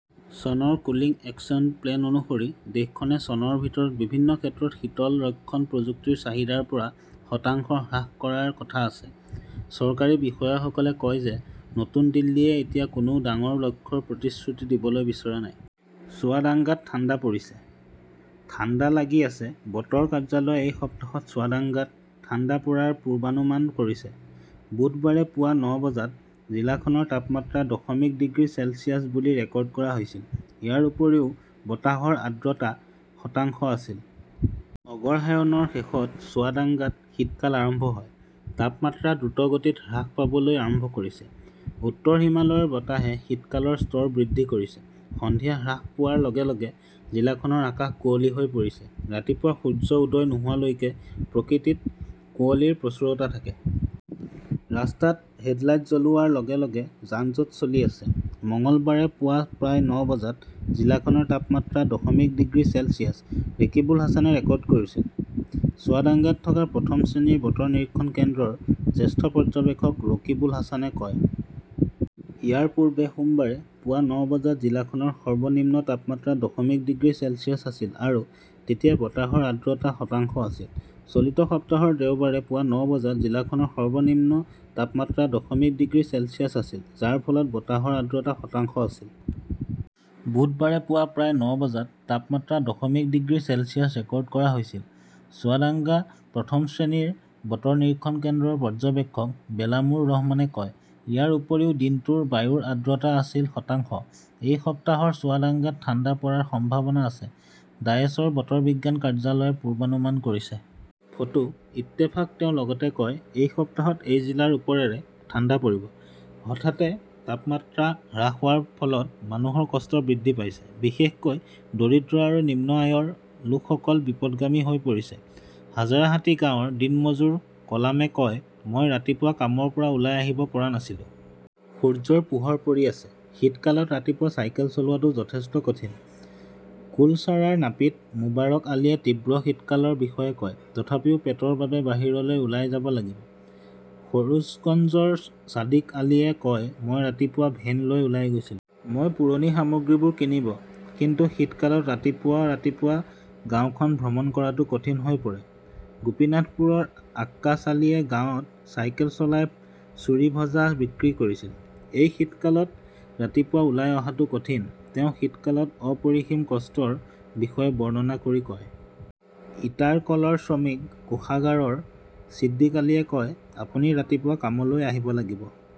চনৰ 'cooling action plan "অনুসৰি দেশখনে চনৰ ভিতৰত বিভিন্ন ক্ষেত্ৰত শীতল-ৰক্ষণ প্ৰযুক্তিৰ চাহিদা ৰ পৰা শতাংশ হ্ৰাস কৰাৰ কথা আছে। চৰকাৰী বিষয়াসকলে কয় যে নতুন দিল্লীয়ে এতিয়া কোনো ডাঙৰ লক্ষ্যৰ প্ৰতিশ্ৰুতি দিবলৈ বিচৰা নাই। চুৱাদাঙ্গাত ঠাণ্ডা পৰিছেঃ ঠাণ্ডা লাগি আছে বতৰ কাৰ্যালয়ে এই সপ্তাহত চুৱাদাংগাত ঠাণ্ডা পৰাৰ পূৰ্বানুমান কৰিছে। বুধবাৰে পুৱা ন বজাত জিলাখনৰ তাপমাত্ৰা দশমিক ডিগ্ৰী চেলছিয়াছ বুলি ৰেকৰ্ড কৰা হৈছিল। ইয়াৰ উপৰিও বতাহৰ আৰ্দ্ৰতা শতাংশ আছিল। অগৰহায়নৰ শেষত চুৱাদাংগাত শীতকাল আৰম্ভ হয়। তাপমাত্ৰা দ্ৰুতগতিত হ্ৰাস পাবলৈ আৰম্ভ কৰিছে। উত্তৰ হিমালয়ৰ বতাহে শীতকালৰ স্তৰ বৃদ্ধি কৰিছে। সন্ধিয়া হ্ৰাস হোৱাৰ লগে লগে জিলাখনৰ আকাশ কুঁৱলী হৈ পৰিছে। ৰাতিপুৱা সূৰ্য উদয় নোহোৱালৈকে প্ৰকৃতিত কুঁৱলীৰ প্ৰচুৰতা থাকে। ৰাস্তাত হেডলাইট জ্বলোৱাৰ লগে লগে যান-জঁট চলি আছে। "মঙলবাৰে পুৱা প্ৰায় ন বজাত জিলাখনৰ তাপমাত্ৰা দশমিক ডিগ্ৰী চেলছিয়াছ ৰেকিবুল হাছানে ৰেকৰ্ড কৰিছিল", চুৱাদাঙ্গাত থকা প্ৰথম শ্ৰেণীৰ বতৰ নিৰীক্ষণ কেন্দ্ৰৰ জ্যেষ্ঠ পৰ্যবেক্ষক ৰকিবুল হাছানে কয়। ইয়াৰ পূৰ্বে সোমবাৰে পুৱা ন বজাত জিলাখনৰ সৰ্বনিম্ন তাপমাত্ৰা দশমিক ডিগ্ৰী চেলছিয়াছ আছিল আৰু তেতিয়া বতাহৰ আৰ্দ্ৰতা শতাংশ আছিল। চলিত সপ্তাহৰ দেওবাৰে পুৱা ন বজাত জিলাখনৰ সৰ্বনিম্ন তাপমাত্ৰা দশমিক ডিগ্ৰী চেলছিয়াছ আছিল, যাৰ ফলত বতাহৰ আৰ্দ্ৰতা শতাংশ আছিল। "বুধবাৰে পুৱা প্ৰায় ন বজাত তাপমাত্ৰা দশমিক ডিগ্ৰী চেলছিয়াছ ৰেকৰ্ড কৰা হৈছিল", চুৱাদাংগা প্ৰথম শ্ৰেণীৰ বতৰ নিৰীক্ষণ কেন্দ্ৰৰ পৰ্যবেক্ষক বেলামুৰ ৰহমানে কয়। ইয়াৰ উপৰিও দিনটোৰ বায়ুৰ আৰ্দ্ৰতা আছিল শতাংশ। "এই সপ্তাহত চুৱাদাঙ্গাত ঠাণ্ডা পৰাৰ সম্ভাৱনা আছে, ডায়েছৰ বতৰ বিজ্ঞান কাৰ্যালয়ে পূৰ্বানুমান কৰিছে। ফটোঃ ইত্তেফাক তেওঁ লগতে কয়, "এই সপ্তাহত এই জিলাৰ ওপৰেৰে ঠাণ্ডা পৰিব। হঠাতে তাপমাত্ৰা হ্ৰাস হোৱাৰ ফলত মানুহৰ কষ্ট বৃদ্ধি পাইছে। বিশেষকৈ দৰিদ্ৰ আৰু নিম্ন আয়ৰ লোকসকল বিপথগামী হৈ পৰিছে। "হাজাৰাহাটি গাঁৱৰ দিনমজুৰ কলামে কয়", "মই ৰাতিপুৱা কামৰ পৰা ওলাই আহিব পৰা নাছিলো। " সূৰ্যৰ পোহৰ পৰি আছে। "শীতকালত ৰাতিপুৱা চাইকেল চলোৱাটো যথেষ্ট কঠিন", কুলচাৰাৰ নাপিত মোবাৰক আলীয়ে তীব্ৰ শীতকালৰ বিষয়ে কয়। তথাপিও পেটৰ বাবে বাহিৰলৈ ওলাই যাব লাগিব। "সৰোজগঞ্জৰ ছাদিক আলীয়ে কয়", "মই ৰাতিপুৱা ভেন লৈ ওলাই গৈছিলো। " মই পুৰণি সামগ্ৰীবোৰ কিনিব। কিন্তু শীতকালত ৰাতিপুৱা ৰাতিপুৱা গাওঁখন ভ্ৰমণ কৰাটো কঠিন হৈ পৰে। "গোপীনাথপুৰৰ আক্কাচ আলীয়ে গাঁৱত চাইকেল চলাই চুৰি ভজা বিক্ৰী কৰিছিল। "এই শীতকালত ৰাতিপুৱা ওলাই অহাটো কঠিন", তেওঁ শীতকালত অপৰিসীম কষ্টৰ বিষয়ে বৰ্ণনা কৰি কয়। "ইটাৰ কলৰ শ্ৰমিক কোষাগাৰৰ ছিদ্দিক আলীয়ে কয়", "আপুনি ৰাতিপুৱা কামলৈ আহিব লাগিব। "